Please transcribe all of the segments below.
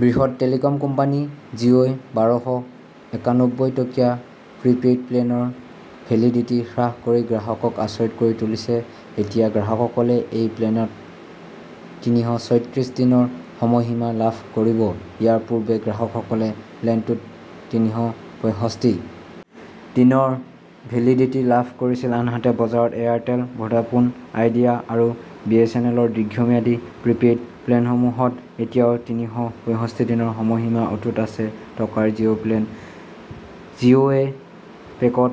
বৃহৎ telecom company জিঅই বাৰ শ একানব্বৈ টকীয়া প্ৰিপেইড প্লেনৰ ভেলিডিটি হ্ৰাস কৰি গ্ৰাহকক আচৰিত কৰি তুলিছে এতিয়া গ্ৰাহকসকলে এই প্লেনত তিনিশ ছয়ত্ৰিশ দিনৰ সময়সীমা লাভ কৰিব ইয়াৰ পূৰ্বে গ্ৰাহকসকলে প্লেনটোত তিনিশ পয়ষষ্ঠি দিনৰ ভেলিডিটি লাভ কৰিছিল আনহাতে বজাৰত এয়াৰটেল ভোডাফোনআইডিয়া আৰু বিএছএন এলৰ দীৰ্ঘম্যাদী প্ৰিপেইড প্লেনসমূহত এতিয়াও তিনিশ পয়ষষ্ঠি দিনৰ সময়সীমা অটুট আছে টকাৰ জিঅ প্লেন জিঅ এই পেকত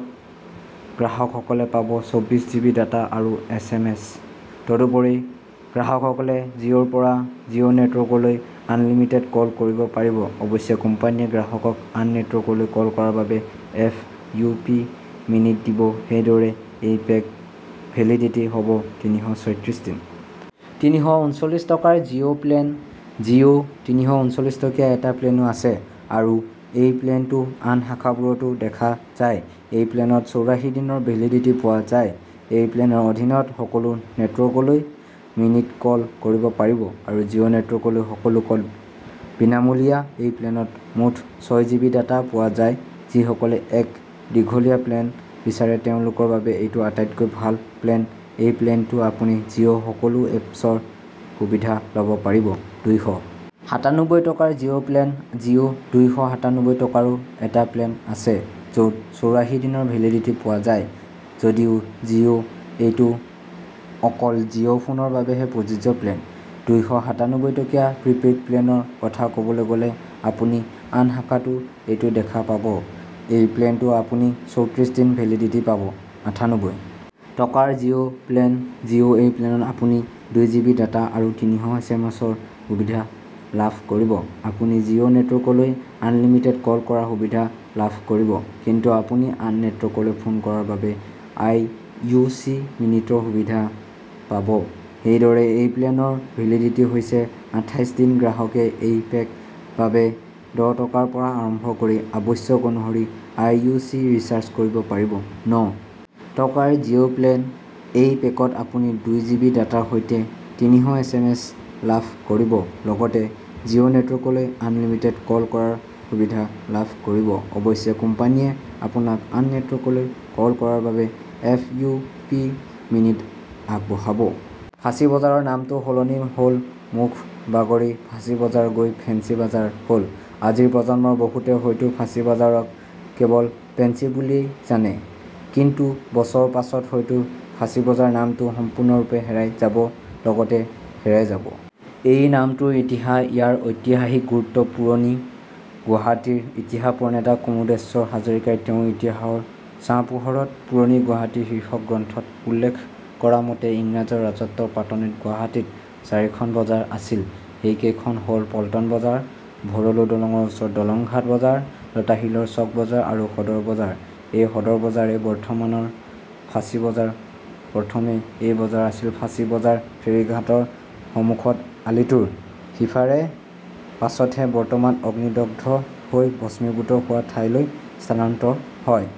গ্ৰাহকসকলে পাব চৌবিশ জিবি ডাটা আৰু এছ এম এছতদুপৰি গ্ৰাহকসকলে জিঅ পৰা জিঅ নেটৱৰ্কলৈ আনলিমিটেড কল কৰিব পাৰিব অৱশ্যে কোম্পানীয়ে গ্ৰাহকক আন নেটৱৰ্কলৈ কল কৰাৰ বাবে এফ য়ু পি মিনিট দিব সেইদৰে এই পেক ভেলিডিটি হব তিনিশ ছয়ত্ৰিশ দিন। তিনিশ ঊনচল্লিশ টকাৰ জিঅ প্লেন জিঅ তিনিশ ঊনচল্লিশ টকীয়া এটা প্লেনো আছে আৰু এই প্লেনতো আন শাখাবোৰতো দেখা যায় এই প্লেনত চৌৰাশী দিনৰ ভেলিডিটি পোৱা যায় এই প্লেনৰ অধীনত সকলো নেটৱৰ্কলৈ মিনিট কল কৰিব পাৰিব আৰু জিঅ নেটৱৰ্কলৈ সকলো কল বিনামূলীয়া এই প্লেনত মুঠ ছয় জিবি ডাটা পোৱা যায় যিসকলে এক দীঘলীয়া প্লেন বিচাৰে তেওঁলোকৰ বাবে এইটো আটাইতকৈ ভাল প্লেন এই প্লেনতো আপুনি জিঅ সকলো এপছৰ সুবিধা লব পাৰিব। দুইশ সাতানব্বৈ টকাৰ জিঅ প্লেন জিঅ দুইশ সাতানব্বৈ টকাৰো এটা প্লেন আছে যত চৌৰাশী দিনৰ ভেলিডিটি পোৱা যায় যদিও জিঅ এইটো অকল জিঅ ফোনৰ বাবেহে প্ৰযোজ্য প্লেন। দুইশ সাতানব্বৈ টকীয়া প্ৰিপেইড প্লেনৰ কথা কবলৈ গলে আপুনি আন শাখাতো এইটো দেখা পাব এই প্লেনতো আপুনি চৌত্ৰিশ দিন ভেলিডিটি পাব। আঠানব্বৈ টকাৰ জিঅ প্লেন জিঅ এই প্লেনত আপুনি দুই জিবি ডাটা আৰু তিনিশ এছ এম এছৰ সুবিধা লাভ কৰিব আপুনি জিঅ নেটৱৰ্কলৈ আনলিমিটেড কল কৰাৰ সুবিধা লাভ কৰিব কিন্তু আপুনি আন নেটৱৰ্কলৈ ফোন কৰাৰ বাবে আই য়ু চি মিনিটৰ সুবিধা পাব সেইদৰে এই প্লেনৰ ভেলিডিটি হৈছে আঠাইশ দিন গ্ৰাহকে এই পেক বাবে দহ টকাৰ পৰা আৰম্ভ কৰি আৱশ্যক অনুসৰি আই য়ু চি ৰিচাৰ্জ কৰিব পাৰিব। ন টকাৰ জিঅ প্লেন এই পেকত আপুনি দুই জিবি ডাটাৰ সৈতে তিনিশ এছ এম এছ লাভ কৰিব লগতে জিঅ নেটৱৰ্কলৈ আনলিমিটেড কল কৰাৰ সুবিধা লাভ কৰিব অৱশ্যে কোম্পানীয়ে আপোনাক আন নেটৱৰ্কলৈ কল কৰাৰ বাবে এফ য়ু পি মিনিট আগবঢ়াব। ফাঁচী বজাৰৰ নামটো সলনি হলমুখ বাগৰি ফাঁচী বজাৰ গৈ ফেন্সী বাজাৰ হলআজিৰ প্ৰজন্মৰ বহুতে হয়তো ফাঁচী বজাৰক কেৱল ফেন্সী বুলিয়েই জানেকিছু বছৰ পাছত হয়তো ফাঁচী বজাৰ নামটো সম্পূৰ্ণৰূপে হেৰাই যাব লগতে হেৰাই যাব এই নামটোৰ ইতিহাস ইয়াৰ ঐতিহাসিক গুৰুত্বপুৰণি গুৱাহাটীৰ ইতিহাস প্ৰণেতা কুমুদেশ্বৰ হাজৰিকাই তেওঁৰ ইতিহাসৰ ছাঁপোহৰত পুৰণি গুৱাহাটী শীৰ্ষক গ্ৰন্থত উল্লেখ কৰা মতে ইংৰাজৰ ৰাজত্বৰ পাতনিত গুৱাহাটীত চাৰিখন বজাৰ আছিলসেইকেইখন হল পল্টন বজাৰ ভৰলু দলঙৰ ওচৰত দলংঘাট বজাৰ লতাশিলৰ চক বজাৰ আৰু সদৰ বজাৰএই সদৰ বজাৰেই বৰ্তমানৰ ফাঁচী বজাৰপ্ৰথমে এই বজাৰ আছিল ফাঁচী বজাৰ ফেৰীঘাটৰ সমুখত আলিটোৰ সিপাৰে পাছতহে বৰ্তমান অগ্নিদগ্ধ হৈ ভস্মীভূত হোৱা ঠাইলৈ স্থানান্তৰ হয়।